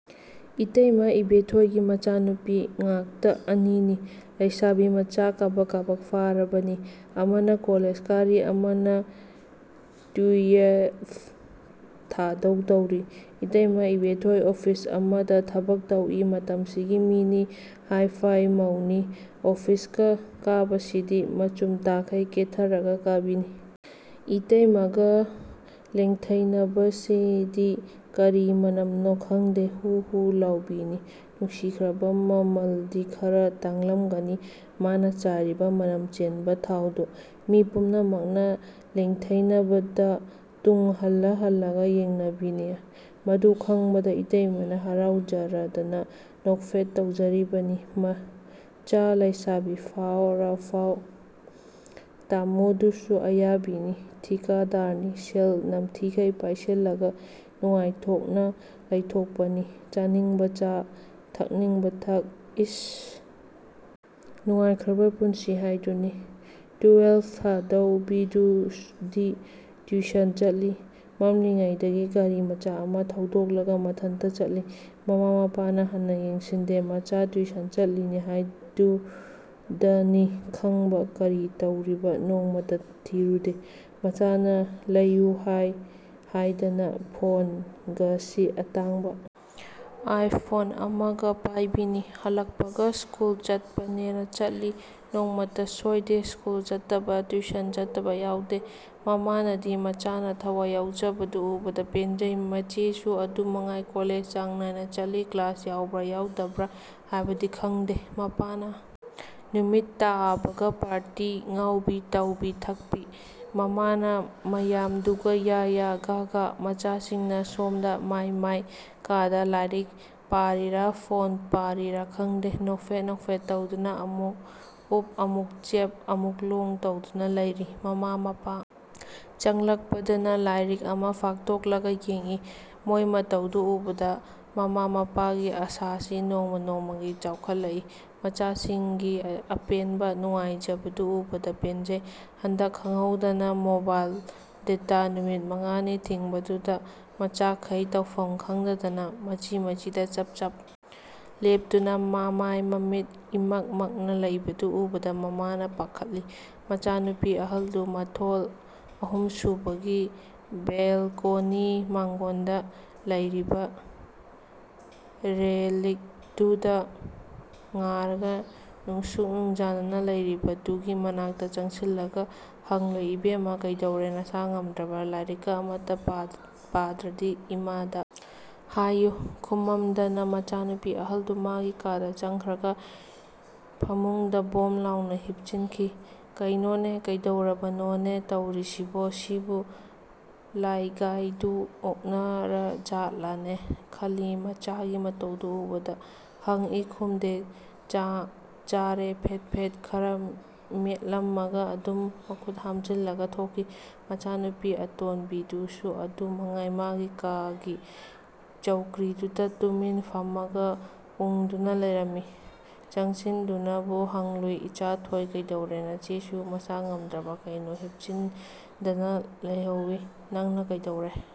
ꯏꯇꯩꯃ ꯏꯕꯦꯊꯣꯏꯒꯤ ꯃꯆꯥꯅꯨꯄꯤ ꯉꯥꯛꯇ ꯑꯅꯤꯅꯤ꯫ ꯂꯩꯁꯥꯕꯤ ꯃꯆꯥ ꯀꯥꯕꯛ ꯀꯥꯕꯛ ꯐꯥꯔꯕꯅꯤ꯫ ꯑꯃꯅ ꯀꯣꯂꯦꯖ ꯀꯥꯔꯤ ꯑꯃꯅ ꯇꯨꯌꯦꯜꯐ ꯊꯥꯗꯧ ꯇꯧꯔꯤ꯫ ꯏꯇꯩꯃ ꯏꯕꯦꯊꯣꯏ ꯑꯣꯐꯤꯁ ꯑꯃꯗ ꯊꯕꯛ ꯇꯧꯏ ꯃꯇꯝꯁꯤꯒꯤ ꯃꯤꯅꯤ ꯍꯥꯏ-ꯐꯥꯏ ꯃꯧꯅꯤ꯫ ꯑꯣꯐꯤꯁꯀ ꯀꯥꯕꯁꯤꯗꯤ ꯃꯆꯨꯝ ꯇꯥꯈꯩ ꯀꯦꯊꯔꯒ ꯀꯥꯕꯤꯅꯤ꯫ ꯏꯇꯩꯃꯒ ꯂꯦꯡꯊꯩꯅꯕꯁꯤꯗꯤ ꯀꯔꯤ ꯃꯅꯝꯅꯣ ꯈꯪꯗꯦ ꯍꯨꯡ ꯍꯨꯡ ꯂꯥꯎꯕꯤꯅꯤ ꯅꯨꯡꯁꯤꯈ꯭ꯔꯕ ꯃꯃꯜꯗꯤ ꯈꯔ ꯇꯥꯡꯂꯝꯒꯅꯤ ꯃꯥꯅ ꯆꯥꯏꯔꯤꯕ ꯃꯅꯝ ꯆꯦꯟꯕ ꯊꯥꯎꯗꯨ꯫ ꯃꯤ ꯄꯨꯝꯅꯃꯛꯅ ꯂꯦꯡꯊꯩꯅꯕꯗ ꯇꯨꯡ ꯍꯜꯂ ꯍꯜꯂꯒ ꯌꯦꯡꯅꯕꯤꯅꯤ꯫ ꯃꯗꯨ ꯈꯪꯕꯗ ꯏꯇꯩꯃꯅ ꯍꯔꯥꯎꯖꯔꯗꯅ ꯅꯣꯛꯐꯦꯠ ꯇꯧꯖꯔꯤꯕꯅꯤ ꯃꯆꯥ ꯂꯩꯁꯥꯕꯤ ꯐꯥꯔꯐꯥꯎ꯫ ꯇꯥꯃꯣꯗꯨꯁꯨ ꯑꯌꯥꯕꯤꯅꯤ꯫ ꯊꯤꯀꯥꯗꯥꯔꯅꯤ ꯁꯦꯜ ꯅꯝꯊꯤꯈꯩ ꯄꯥꯏꯁꯤꯜꯂꯒ ꯅꯨꯉꯥꯢꯊꯣꯛꯅ ꯂꯩꯊꯣꯛꯄꯅꯤ꯫ ꯆꯥꯅꯤꯡꯕ ꯆꯥ ꯊꯛꯅꯤꯡꯕ ꯊꯥꯛ ꯏꯁ! ꯅꯨꯡꯉꯥꯏꯈ꯭ꯔꯕ ꯄꯨꯟꯁꯤ ꯍꯥꯏꯗꯨꯅꯤ꯫ ꯇꯨꯌꯦꯜꯐ ꯊꯥꯗꯧꯕꯤꯗꯨꯗꯤ ꯇ꯭ꯌꯨꯁꯟ ꯆꯠꯂꯤ꯫ ꯃꯝꯂꯤꯉꯩꯗꯒꯤ ꯒꯥꯔꯤ ꯃꯆꯥ ꯑꯃ ꯊꯧꯗꯣꯛꯂꯒ ꯃꯊꯟꯇ ꯆꯠꯂꯤ꯫ ꯃꯃꯥ ꯃꯄꯥꯅ ꯍꯟꯅ ꯌꯦꯡꯁꯤꯟꯗꯦ ꯃꯆꯥ ꯇ꯭ꯌꯨꯁꯟ ꯆꯠꯂꯤꯅꯤ ꯍꯥꯏꯗꯨꯗꯅꯤ ꯈꯪꯏꯕ ꯀꯔꯤ ꯇꯧꯔꯤꯕ ꯅꯣꯡꯃꯇ ꯊꯤꯔꯨꯗꯦ꯫ ꯃꯆꯥꯅ ꯂꯩꯌꯨ ꯍꯥꯏ ꯍꯥꯏꯗꯅ ꯐꯣꯟꯒꯁꯤ ꯑꯇꯥꯡꯕ ꯑꯥꯏ ꯐꯣꯟ ꯑꯃꯒ ꯄꯥꯏꯕꯤꯅꯤ꯫ ꯍꯜꯂꯛꯄꯒ ꯁ꯭ꯀꯨꯜ ꯆꯠꯄꯅꯦꯅ ꯆꯤꯂꯤ꯫ ꯅꯣꯡꯃꯇ ꯁꯣꯏꯗꯦ ꯁ꯭ꯀꯨꯜ ꯆꯠꯇꯕ ꯇ꯭ꯌꯨꯁꯟ ꯆꯠꯇꯕ ꯌꯥꯎꯗꯦ꯫ ꯃꯃꯥꯅꯗꯤ ꯃꯆꯥꯅ ꯊꯋꯥꯏ ꯌꯥꯎꯖꯕꯗꯨ ꯎꯕꯗ ꯄꯦꯟꯖꯩ꯫ ꯃꯆꯦꯁꯨ ꯑꯗꯨꯃꯉꯥꯏ ꯀꯣꯂꯦꯖ ꯆꯥꯡ ꯅꯥꯏꯅ ꯆꯠꯂꯤ ꯀ꯭ꯂꯥꯁ ꯌꯥꯎꯕ꯭ꯔ ꯌꯥꯎꯗꯕ꯭ꯔ ꯍꯥꯏꯕꯗꯤ ꯈꯪꯗꯦ꯫ ꯃꯄꯥꯅ ꯅꯨꯃꯤꯠ ꯇꯥꯕꯒ ꯄꯥꯔꯇꯤ ꯉꯧꯕꯤ ꯇꯥꯎꯕꯤ ꯊꯛꯄꯤ꯫ ꯃꯃꯥꯅ ꯃꯌꯥꯝꯗꯨꯒ ꯌꯥ-ꯌꯥ ꯒꯥ-ꯒꯥ꯫ ꯃꯆꯥꯁꯤꯡꯅ ꯁꯣꯝꯗ ꯃꯥꯏ ꯃꯥꯏ ꯀꯥꯗ ꯂꯥꯏꯔꯤꯛ ꯄꯥꯔꯤꯔ ꯐꯣꯟ ꯄꯥꯔꯤꯔ ꯈꯪꯗꯦ ꯅꯣꯛꯐꯦꯠ ꯅꯣꯛꯐꯦꯠ ꯇꯧꯗꯨꯅ ꯑꯃꯨꯛ ꯎꯞ ꯑꯃꯨꯛ ꯆꯦꯞ ꯑꯃꯨꯛ ꯂꯣꯡ ꯇꯧꯗꯨꯅ ꯂꯩꯔꯤ꯫ ꯃꯃꯥ ꯃꯄꯥ ꯆꯪꯂꯛꯄꯗꯅ ꯂꯥꯏꯔꯛ ꯑꯃ ꯐꯥꯛꯇꯣꯛꯂꯒ ꯌꯦꯡꯏ꯫ ꯃꯣꯏ ꯃꯇꯧꯗꯨ ꯎꯕꯗ ꯃꯃꯥ ꯃꯄꯥꯒꯤ ꯑꯥꯁꯥꯁꯤ ꯅꯣꯡꯃ ꯅꯣꯡꯃꯒꯤ ꯆꯥꯎꯈꯠꯂꯛꯏ꯫ ꯃꯆꯥꯁꯤꯡꯒꯤ ꯑꯄꯦꯟꯕ ꯅꯨꯡꯉꯥꯏꯖꯕꯗꯨ ꯎꯕꯗ ꯄꯦꯟꯖꯩ꯫ ꯍꯟꯗꯛ ꯈꯪꯍꯧꯗꯅ ꯃꯣꯕꯥꯏꯜ ꯗꯦꯇꯥ ꯅꯨꯃꯤꯠ ꯃꯉꯥꯅꯤ ꯊꯤꯡꯕꯗꯨꯗ ꯃꯆꯥꯈꯩ ꯇꯧꯐꯝ ꯈꯪꯗꯗꯅ ꯃꯆꯤ ꯃꯆꯤꯗ ꯆꯞ ꯆꯞ ꯂꯦꯞꯇꯨꯅ ꯃꯃꯥꯏ ꯃꯃꯤꯠ ꯏꯃꯛ ꯃꯛꯅ ꯂꯩꯕꯗꯨ ꯎꯕꯗ ꯃꯃꯥꯅ ꯄꯥꯈꯠꯂꯤ꯫ ꯃꯆꯥ ꯅꯨꯄꯤ ꯑꯍꯜꯗꯨ ꯃꯊꯣꯜ ꯑꯍꯨꯝꯁꯨꯕꯒꯤ ꯕꯦꯜꯀꯣꯅꯤ ꯃꯥꯡꯒꯣꯜꯗ ꯂꯩꯔꯤꯕ ꯔꯦꯂꯤꯡꯗꯨꯗ ꯉꯥꯔꯒ ꯅꯨꯡꯁꯨꯛ ꯅꯨꯡꯖꯥꯅꯅ ꯂꯩꯔꯤꯕꯗꯨꯒꯤ ꯃꯅꯥꯛꯇ ꯆꯪꯁꯤꯜꯂꯒ ꯍꯪꯂꯨꯏ ꯏꯕꯦꯝꯃ ꯀꯩꯗꯧꯔꯦ ꯅꯁꯥ ꯉꯝꯗꯕ꯭ꯔ ꯂꯥꯏꯔꯤꯛꯀ ꯑꯃꯠꯇ ꯄꯥꯗ꯭ꯔꯗꯤ ꯏꯃꯥꯗ ꯍꯥꯏꯌꯨ꯫ꯈꯨꯝꯃꯝꯗꯅ ꯃꯆꯥꯅꯨꯄꯤ ꯑꯍꯜꯗꯨ ꯃꯥꯒꯤ ꯀꯥꯗ ꯆꯪꯈ꯭ꯔꯒ ꯐꯃꯨꯡꯗ ꯕꯣꯝ ꯂꯥꯎꯅ ꯍꯤꯞꯆꯤꯟꯈꯤ꯫ ꯀꯩꯅꯣꯅꯦ ꯀꯩꯗꯧꯔꯕꯅꯣꯅꯦ ꯇꯧꯔꯤꯁꯤꯕꯣ ꯁꯤꯕꯨ ꯂꯥꯏꯒꯥꯏꯗꯨ ꯑꯣꯛꯅꯔꯖꯥꯠꯂꯅꯦ ꯈꯜꯂꯤ ꯃꯆꯥꯒꯤ ꯃꯇꯧꯗꯨ ꯎꯕꯗ ꯍꯪꯏ ꯈꯨꯝꯗꯦ ꯆꯥꯛ ꯆꯥꯔꯦ ꯄꯦꯠ ꯄꯦꯠ ꯈꯔ ꯃꯦꯠꯂꯝꯃꯒ ꯑꯗꯨꯝ ꯃꯈꯨꯠ ꯍꯥꯝꯖꯤꯜꯂꯒ ꯊꯣꯛꯈꯤ꯫ ꯃꯆꯥꯅꯨꯄꯤ ꯑꯇꯣꯟꯕꯤꯗꯨꯁꯨ ꯑꯗꯨ ꯃꯉꯥꯏ ꯃꯥꯒꯤ ꯀꯥꯒꯤ ꯆꯧꯀ꯭ꯔꯤꯗꯨꯗ ꯇꯨꯃꯤꯟ ꯐꯝꯃꯒ ꯎꯪꯗꯨꯅ ꯂꯩꯔꯝꯃꯤ꯫ ꯆꯪꯁꯤꯟꯗꯨꯅꯕꯨ ꯍꯪꯂꯨꯏ ꯏꯆꯥꯊꯣꯏ ꯀꯩꯗꯧꯔꯦ ꯅꯆꯦꯁꯨ ꯃꯁꯥ ꯉꯝꯗꯕ꯭ꯔ ꯀꯩꯅꯣ ꯍꯤꯞꯆꯤꯟꯗꯅ ꯂꯩꯍꯧꯏ꯫ ꯅꯪꯅ ꯀꯩꯗꯧꯔꯦ?